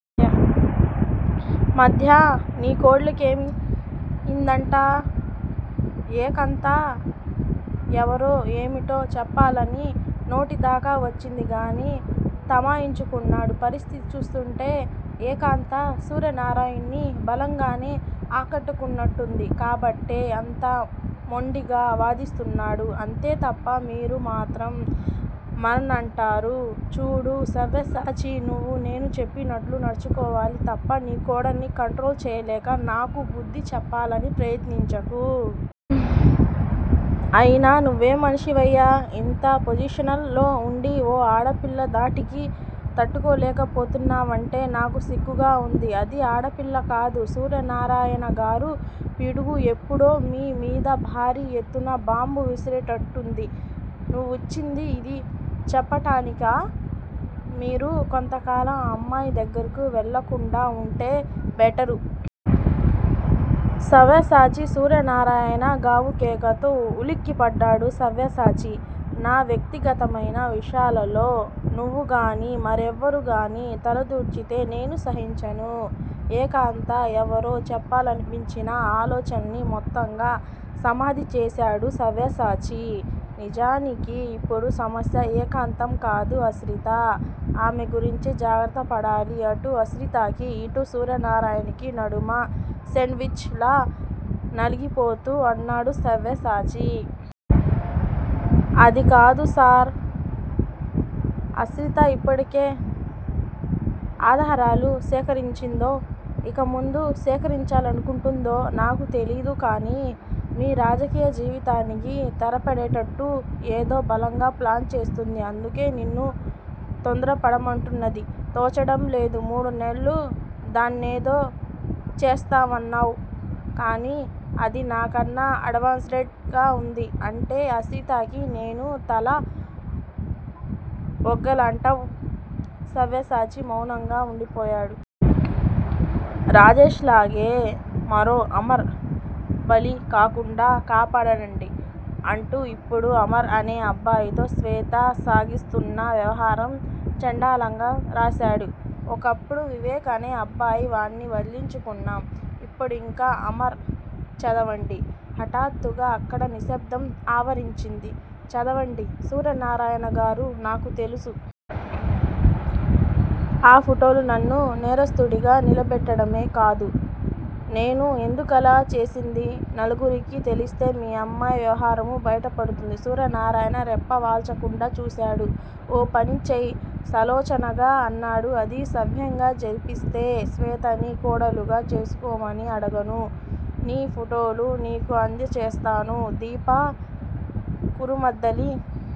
మధ్య నీకోడలికేం దంటా? ఏకాంత ఎవరో ఏమిటో చెప్పాలని నోటిదాకా వచ్చింది గాని తమాయించుకున్నాడు. పరిస్థితి చూస్తుంటే ఏకాంత సూర్యనారాయణ్ని బలంగానే ఆకట్టుకున్నట్టుంది. కాబట్టే అంత మొండిగా వాదిస్తున్నాడు. అంతే తప్ప మీరు మాత్రం మారనంటారు. చూడు సవ్యసాచీ నువ్వు నేను చెప్పినట్లు నడుచుకోవాలి తప్ప నీకోడల్ని కంట్రోల్ చేయలేక నాకు బుద్ది చెప్పాలని ప్రయత్నించకు. అయినా నువ్వేం మనిషివయ్యా! ఇంత పొజిషన్ లో వుండి ఓ ఆడపిల్లధాటికి తట్టుకోలేకపోతున్నావంటే నాకు సిగ్గుగా వుంది అది ఆడపిల్ల కాదు సూర్యరాయణగారూ! పిడుగు ఎప్పుడో మీ మీద భారీ యెత్తున బాంబు విసిరేట్టుంది. నువ్వొచ్చింది యిది చెప్పటానికా? మీరు కొంతకాలం ఆ అమ్మాయి దగ్గరకు వెళ్ళకుండా వుంటే బెటరు. సవ్యసాచీ! సూర్యనారాయణ గావుకేకతో ఉలిక్కిపడ్డాడు సవ్యసాచి. నా వ్యక్తిగతమైన విషయాలలో నువ్వుగాని, మరెవ్వరుగానీ తలదూర్చితే నేను సహించను. ఏకాంత ఎవరో చెప్పాలనిపించిన ఆలోచన్ని మొత్తంగా సమాధిచేశాడు సవ్యసాచి. నిజానికి ఇప్పుడు సమస్య ఏకాంతంకాదు ఆశ్రిత. ఆమె గురించే జాగ్రత్తపడాలి. అటు ఆశ్రితకీ, ఇటు సూర్యనారాయణకీ నడుమ సేండ్ విచ్ లా నలిగిపోతూ అన్నాడు సవ్యసాచి. అదికాదు సర్! ఆశ్రిత ఇప్పటికే ఆధారాలు సేకరించిందో, ఇక ముందు సేకరించాలనుకుంటుందో నాకు తెలీదు కాని మీ రాజకీయ జీవితానికి తెరపడేట్టు ఏదో బలంగా ప్లాన్ చేస్తుంది. అందుకే నిన్ను తొందరపడమంటున్నది. తోచడం లేదు. మూడు నెల్లు దాన్నేదో చేస్తావ్ అన్నావ్? కాని అది నాకన్నా అడన్స్ డ్ గా వుంది అంటే ఆశ్రితకి నేను తల ఒగ్గలంటావ్ సవ్యసాచి మౌనంగా వుండిపోయాడు. రాజేష్ లాగే మరో 'అమర్' బలికాకుండా కాపాడండీ అంటూ ఇప్పుడు అమర్ అనే అబ్బాయితో శ్వేత సాగిస్తున్న వ్యవహారం చెండాలంగా రాశాడు. ఒకప్పుడు వివేక్ అనే అబ్బాయి వాడ్ని వదిలించుకున్నాం. ఇప్పుడింక అమర్ చదవండి. హఠాత్తుగా అక్కడ నిశ్శబ్దం ఆవరించింది. చదవండి సూర్యనారాయణగారూ! నాకు తెలుసు. ఆ ఫోటోలు నన్ను నేరస్థుడిగా నిలబెట్టడమే కాదు, నేను ఎందుకలా చేసిందీ నలుగురికీ తెలిస్తే మీ అమ్మాయి వ్యవహారమూ బయట పడుతుంది సూర్యనారాయణ రెప్పవాల్చకుండా చూశాడు. ఓ పని చెయ్ సలోచనగా అన్నాడు. అది సవ్యంగా జరిపిస్తే శ్వేతని కోడలుగా చేసుకోమని అడగను. నీ ఫోటోలు నీకు అందజేస్తాను. దీప -కురుమద్దాలి